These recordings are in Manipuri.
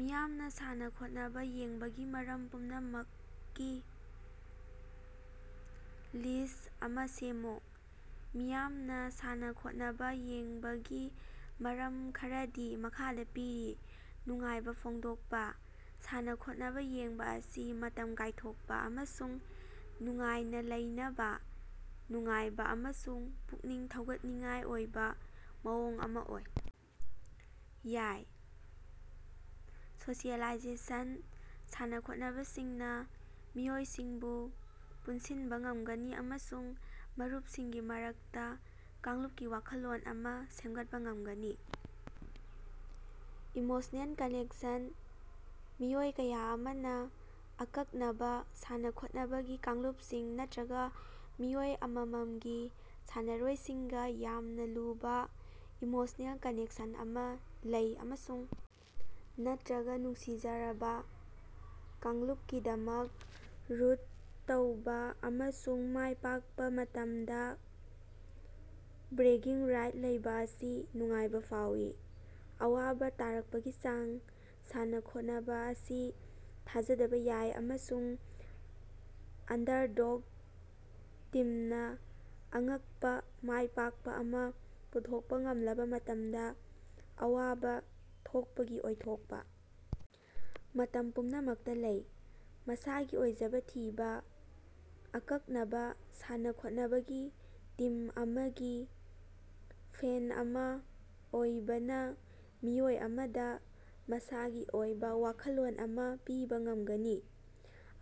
ꯃꯤꯌꯥꯝꯅ ꯁꯥꯟꯅꯈꯣꯠꯅꯕ ꯌꯦꯡꯕꯒꯤ ꯃꯔꯝ ꯄꯨꯝꯅꯃꯛꯀꯤ ꯂꯤꯁꯠ ꯑꯃ ꯁꯦꯝꯃꯨ꯫ ꯃꯤꯌꯥꯝꯅ ꯁꯥꯟꯅꯈꯣꯠꯅꯕ ꯌꯦꯡꯕꯒꯤ ꯃꯔꯝ ꯈꯔꯗꯤ ꯃꯈꯥꯗ ꯄꯤꯔꯤ:- ꯅꯨꯡꯉꯥꯏꯕ ꯐꯣꯡꯗꯣꯛꯄ: ꯁꯥꯟꯅꯈꯣꯠꯅꯕ ꯌꯦꯡꯕ ꯑꯁꯤ ꯃꯇꯝ ꯀꯥꯏꯊꯣꯛꯄ ꯑꯃꯁꯨꯡ ꯅꯨꯡꯉꯥꯏꯅ ꯂꯩꯅꯕ ꯅꯨꯡꯉꯥꯏꯕ ꯑꯃꯁꯨꯡ ꯄꯨꯛꯅꯤꯡ ꯊꯧꯒꯠꯅꯤꯡꯉꯥꯏ ꯑꯣꯏꯕ ꯃꯑꯣꯡ ꯑꯃ ꯑꯣꯏꯕ ꯌꯥꯏ꯫ ꯁꯣꯁꯤꯑꯦꯂꯥꯏꯖꯦꯁꯟ: ꯁꯥꯟꯅꯈꯣꯠꯅꯕꯁꯤꯡꯅ ꯃꯤꯑꯣꯏꯁꯤꯡꯕꯨ ꯄꯨꯟꯁꯤꯟꯕ ꯉꯝꯒꯅꯤ ꯑꯃꯁꯨꯡ ꯃꯔꯨꯞꯁꯤꯡꯒꯤ ꯃꯔꯛꯇ ꯀꯥꯡꯂꯨꯞꯀꯤ ꯋꯥꯈꯜꯂꯣꯟ ꯑꯃ ꯁꯦꯝꯒꯠꯄ ꯉꯝꯒꯅꯤ꯫ ꯏꯃꯣꯁ꯭ꯅꯦꯜ ꯀꯅꯦꯛꯁꯟ: ꯃꯤꯑꯣꯏ ꯀꯌꯥ ꯑꯃꯅ ꯑꯀꯛꯅꯕ ꯁꯥꯟꯅꯈꯣꯠꯅꯕꯒꯤ ꯀꯥꯡꯂꯨꯞꯁꯤꯡ ꯅꯠꯇ꯭ꯔꯒ ꯃꯤꯑꯣꯏ ꯑꯃꯃꯝꯒꯤ ꯁꯥꯟꯅꯔꯣꯏꯁꯤꯡꯒ ꯌꯥꯝꯅ ꯂꯨꯕ ꯏꯃꯣꯁ꯭ꯅꯦꯜ ꯀꯅꯦꯛꯁꯟ ꯑꯃ ꯂꯩ ꯑꯃꯁꯨꯡ ꯅꯠꯇ꯭ꯔꯒ ꯅꯨꯡꯁꯤꯖꯔꯕ ꯀꯥꯡꯂꯨꯞꯀꯤꯗꯃꯛ ꯔꯨꯠ ꯇꯧꯕ ꯑꯃꯁꯨꯡ ꯃꯥꯏꯄꯥꯛꯄ ꯃꯇꯝꯗ ꯕ꯭ꯔꯦꯒꯤꯡ ꯔꯥꯏꯠ ꯂꯩꯕ ꯑꯁꯤ ꯅꯨꯡꯉꯥꯏꯕ ꯐꯥꯎꯏ꯫ ꯑꯋꯥꯕ ꯇꯥꯔꯛꯄꯒꯤ ꯆꯥꯡ: ꯁꯥꯟꯅꯈꯣꯠꯅꯕ ꯑꯁꯤ ꯊꯥꯖꯗꯕ ꯌꯥꯏ ꯑꯃꯁꯨꯡ ꯑꯟꯗꯔꯗꯣꯒ ꯇꯤꯝꯅ ꯑꯉꯛꯄ ꯃꯥꯏꯄꯥꯛꯄ ꯑꯃ ꯄꯨꯊꯣꯛꯄ ꯉꯝꯂꯕ ꯃꯇꯝꯗ ꯑꯋꯥꯕ ꯊꯣꯛꯄꯒꯤ ꯑꯣꯏꯊꯣꯛꯄ ꯃꯇꯝ ꯄꯨꯝꯅꯃꯛꯇ ꯂꯩ꯫ ꯃꯁꯥꯒꯤ ꯑꯣꯏꯖꯕ ꯊꯤꯕ: ꯑꯀꯛꯅꯕ ꯁꯥꯟꯅꯈꯣꯠꯅꯕꯒꯤ ꯇꯤꯝ ꯑꯃꯒꯤ ꯐꯦꯟ ꯑꯃ ꯑꯣꯏꯕꯅ ꯃꯤꯑꯣꯏ ꯑꯃꯗ ꯃꯁꯥꯒꯤ ꯑꯣꯏꯕ ꯋꯥꯈꯜꯂꯣꯟ ꯑꯃ ꯄꯤꯕ ꯉꯝꯒꯅꯤ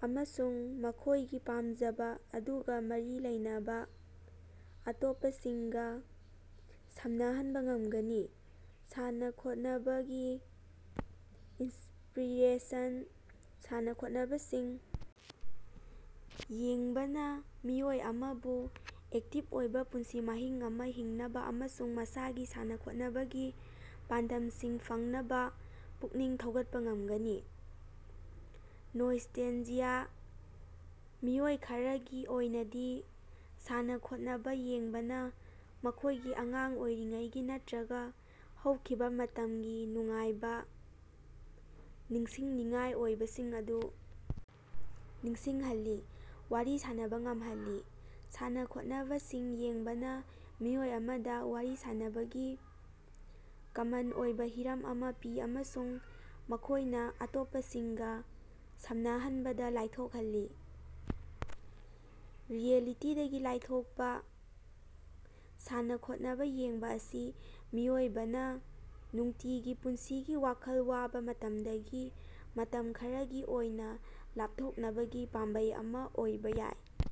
ꯑꯃꯁꯨꯡ ꯃꯈꯣꯏꯒꯤ ꯄꯥꯝꯖꯕ ꯑꯗꯨꯒ ꯃꯔꯤ ꯂꯩꯅꯕ ꯑꯇꯣꯞꯄꯁꯤꯡꯒ ꯁꯝꯅꯍꯟꯕ ꯉꯝꯒꯅꯤ꯫ ꯁꯥꯟꯅꯈꯣꯠꯅꯕꯀꯤ ꯏꯟꯁꯄꯤꯔꯦꯁꯟ: ꯁꯥꯟꯅꯈꯣꯠꯅꯕꯁꯤꯡ ꯌꯦꯡꯕꯅ ꯃꯤꯑꯣꯏ ꯑꯃꯕꯨ ꯑꯦꯛꯇꯤꯚ ꯑꯣꯏꯕ ꯄꯨꯟꯁꯤ ꯃꯍꯤꯡ ꯑꯃ ꯍꯤꯡꯅꯕ ꯑꯃꯁꯨꯡ ꯃꯁꯥꯒꯤ ꯁꯥꯟꯅꯈꯣꯠꯅꯕꯒꯤ ꯄꯥꯟꯗꯝꯁꯤꯡ ꯐꯪꯅꯕ ꯄꯨꯛꯅꯤꯡ ꯊꯧꯒꯠꯄ ꯉꯝꯒꯅꯤ꯫ ꯅꯣꯁ꯭ꯇꯦꯜꯖꯤꯌꯥ: ꯃꯤꯑꯣꯏ ꯈꯔꯒꯤ ꯑꯣꯏꯅꯗꯤ ꯁꯥꯟꯅ-ꯈꯣꯠꯅꯕ ꯌꯦꯡꯕꯅ ꯃꯈꯣꯏꯒꯤ ꯑꯉꯥꯡ ꯑꯣꯏꯔꯤꯉꯩꯒꯤ ꯅꯠꯇ꯭ꯔꯒ ꯍꯧꯈꯤꯕ ꯃꯇꯝꯒꯤ ꯅꯨꯡꯉꯥꯏꯕ ꯅꯤꯡꯁꯤꯡꯅꯤꯡꯉꯥꯏ ꯑꯣꯏꯕꯁꯤꯡ ꯑꯗꯨ ꯅꯤꯡꯁꯤꯡꯍꯜꯂꯤ꯫ ꯋꯥꯔꯤ ꯁꯥꯟꯅꯕ ꯉꯝꯍꯜꯂꯤ ꯁꯥꯟꯅꯈꯣꯠꯅꯕꯁꯤꯡ ꯌꯦꯡꯕꯅ ꯃꯤꯑꯣꯏ ꯑꯃꯗ ꯋꯥꯔꯤ ꯁꯥꯟꯅꯕꯒꯤ ꯀꯃꯟ ꯑꯣꯏꯕ ꯍꯤꯔꯝ ꯑꯃ ꯄꯤ ꯑꯃꯁꯨꯡ ꯃꯈꯣꯏꯅ ꯑꯇꯣꯞꯄꯁꯤꯡꯒ ꯁꯝꯅꯍꯟꯕꯗ ꯂꯥꯏꯊꯣꯛꯍꯜꯂꯤ꯫ ꯔꯤꯑꯦꯂꯤꯇꯤꯗꯒꯤ ꯂꯥꯞꯊꯣꯛꯄ ꯁꯥꯟꯅ-ꯈꯣꯠꯅꯕ ꯌꯦꯡꯕ ꯑꯁꯤ ꯃꯤꯑꯣꯏꯕꯅ ꯅꯨꯡꯇꯤꯒꯤ ꯄꯨꯟꯁꯤꯒꯤ ꯋꯥꯈꯜ ꯋꯥꯕ ꯃꯇꯝꯗꯒꯤ ꯃꯇꯝ ꯈꯔꯒꯤ ꯑꯣꯏꯅ ꯂꯥꯞꯊꯣꯛꯅꯕꯒꯤ ꯄꯥꯝꯕꯩ ꯑꯃ ꯑꯣꯏꯕ ꯌꯥꯏ꯫